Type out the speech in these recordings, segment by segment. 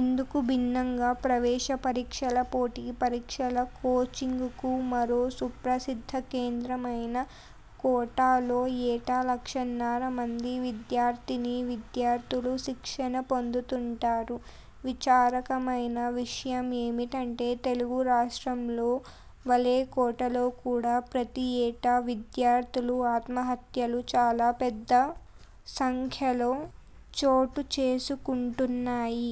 ఇందుకు భిన్నంగా, ప్రవేశ పరీక్షల, పోటీ పరీక్షల కోచింగ్కు మరో సుప్రసిద్ధకేంద్రమైన కోట లో ఏటా లక్షన్నర మంది విద్యార్థినీ విద్యార్థులు శిక్షణ పొందుతుంటారు. విచారకరమైన విషయమేమిటంటే తెలుగు రాష్ట్రాలలో వలే కోటలో కూడా ప్రతి ఏటా విద్యార్థుల ఆత్మహత్యలు చాలా పెద్ద సంఖ్యలో చోటుచేసుకుంటున్నాయి.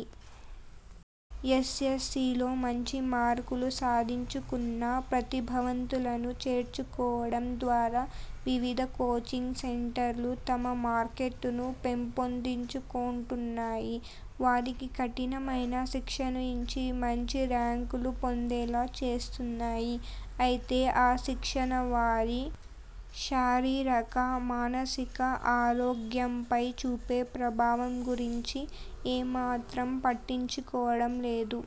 ఎస్ఎస్సీలో మంచి మార్కులు సాధించుకున్న ప్రతిభావంతులను చేర్చుకోవడం ద్వారా వివిధ కోచింగ్ సెంటర్లు తమ మార్కెట్ను పెంపొందించుకొంటున్నాయి. వారికి కఠినమైన శిక్షణ ఇచ్చి మంచి ర్యాంకులు పొందేలా చేస్తున్నాయి. అయితే ఆ శిక్షణ వారి శారీరక, మానసిక ఆరోగ్యంపై చూపే ప్రభావం గురించి ఏమాత్రం పట్టించుకోవడం లేదు.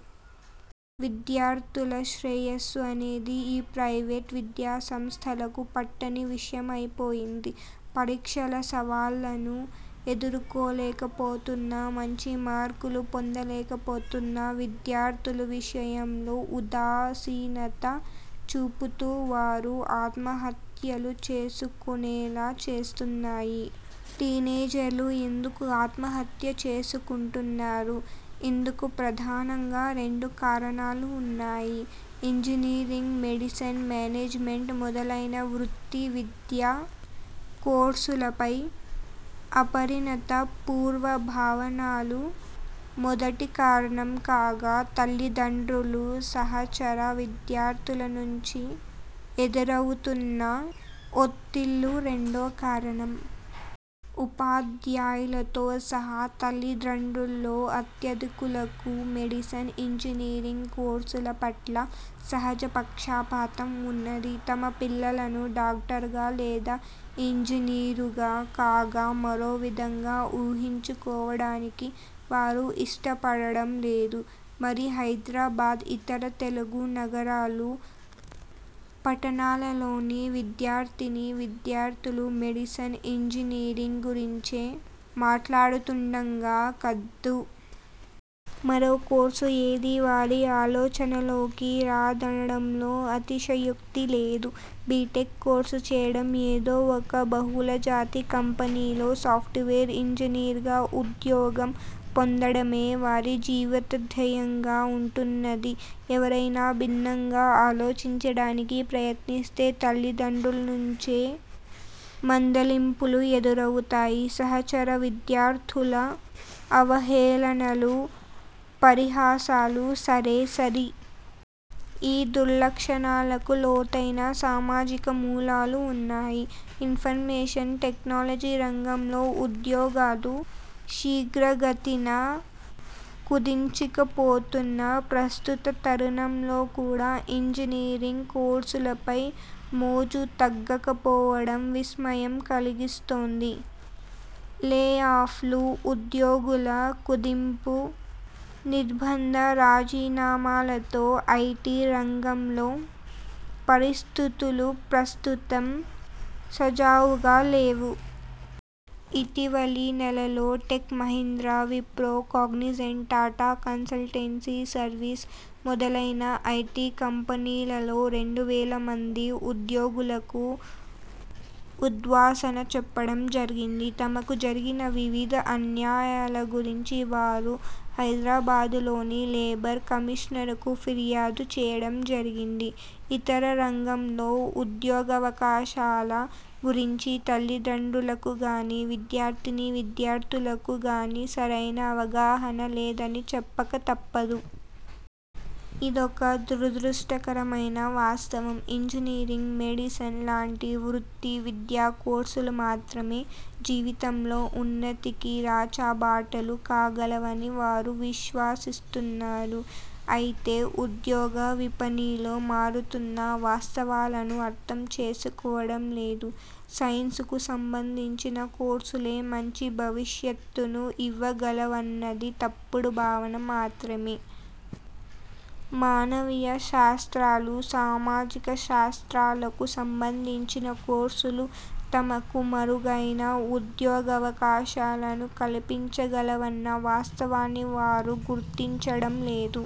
విద్యార్థుల శ్రేయస్సు అనేది ఈ ప్రైవేట్ విద్యాసంస్థలకు పట్టని విషయమైపోయింది. పరీక్షల సవాళ్లను ఎదుర్కోలేకపోతున్న, మంచి మార్కులు పొందలేకపోతున్న విద్యార్థుల విషయంలో ఉదాసీనత చూపుతూ వారు ఆత్మహత్యలు చేసుకొనేలా చేస్తున్నాయి. టీనేజర్లు ఎందుకు ఆత్మహత్య చేసుకొంటున్నారు? ఇందుకు ప్రధానంగా రెండు కారణాలు వున్నాయి. ఇంజనీరింగ్, మెడిసిన్, మేనేజ్మెంట్ మొదలైన వృత్తి విద్యా కోర్సులపై అపరిణత పూర్వ భావనలు మొదటి కారణం కాగా; తల్లిదండ్రులు, సహచర విద్యార్థుల నుంచి ఎదురవుతున్న ఒత్తిళ్ళు రెండో కారణం. ఉపాధ్యాయులతో సహా తల్లిదండ్రుల్లో అత్యధికులకు మెడిసిన్, ఇంజనీరింగ్ కోర్సుల పట్ల సహజ పక్షపాతం వున్నది. తమ పిల్లలను డాక్టర్గా లేదా ఇంజనీరుగా గాక మరో విధంగా ఊహించుకోవడానికి వారు ఇష్టపడడం లేదు మరి. హైదరాబాద్, ఇతర తెలుగు నగరాలు, పట్టణాలలోని విద్యార్థినీ విద్యార్థులు మెడిసిన్, ఇంజనీరింగ్ గురించే మాట్లాడుతుండడం కద్దు. మరో కోర్సు ఏదీ వారి ఆలోచనల్లోకి రాదనడంలో అతిశయోక్తి లేదు. బీటెక్ కోర్సు చేయడం, ఏదో ఒక బహుళజాతి కంపెనీలో సాఫ్ట్వేర్ ఇంజనీర్గా ఉద్యోగం పొందడమే వారి జీవితధ్యేయంగా వుంటున్నది. ఎవరైనా భిన్నంగా ఆలోచించడానికి ప్రయత్నిస్తే తల్లిదండ్రుల నుంచే మందలింపులు ఎదురవుతాయి. సహచర విద్యార్థుల అవహేళనలు, పరిహాసాలు సరే సరి. ఈ దుర్లక్షణాలకు లోతైన సామాజిక మూలాలు వున్నాయి. ఇన్ఫర్మేషన్ టెక్నాలజీ రంగంలో ఉద్యోగాలు శీఘ్రగతిన కుదించుకుపోతున్న ప్రస్తుత తరుణంలో కూడా ఇంజనీరింగ్ కోర్సులపై మోజు తగ్గకపోవడం విస్మయం కల్గిస్తోంది. లే ఆఫ్లు, ఉద్యోగుల కుదింపు, నిర్బంధ రాజీనామాలతో ఐటీ రంగంలో పరిస్థితులు ప్రస్తుతం సజావుగా లేవు. ఇటీవలి నెలల్లో Tech Mahindra, Wipro, Cognizant, Tata Consultancy Service మొదలైన ఐటీ కంపెనీలలో రెండు వేల మంది ఉద్యోగులకు ఉద్వాసన చెప్పడం జరిగింది. తమకు జరిగిన వివిధ అన్యాయాల గురించి వారు హైదరాబాద్లోని లేబర్ కమిషనర్కు ఫిర్యాదు చేయడం జరిగింది. ఇతర రంగాల్లో ఉద్యోగావకాశాల గురించి తల్లిదండ్రులకుగానీ, విద్యార్థినీ విద్యార్థులకు గానీ సరైన అవగాహన లేదని చెప్పకతప్పదు. ఇదొక దురదృష్టకరమైన వాస్తవం. ఇంజనీరింగ్, మెడిసిన్ లాంటి వృత్తి విద్యాకోర్సులు మాత్రమే జీవితంలో ఉన్నతికి రాచబాటలు కాగలవని వారు విశ్వసిస్తున్నారు. అయితే ఉద్యోగ విపణిలో మారుతున్న వాస్తవాలను అర్థం చేసుకోవడం లేదు. సైన్స్కు సంబంధించిన కోర్సులే మంచి భవిష్యత్తును ఇవ్వగలవన్నది తప్పుడు భావన మాత్రమే. మానవీయ శాస్త్రాలు, సామాజిక శాస్త్రాలకు సంబంధించిన కోర్సులు తమకు మెరుగైన ఉద్యోగావకాశాలను కల్పించగలవన్న వాస్తవాన్ని వారు గుర్తించడం లేదు.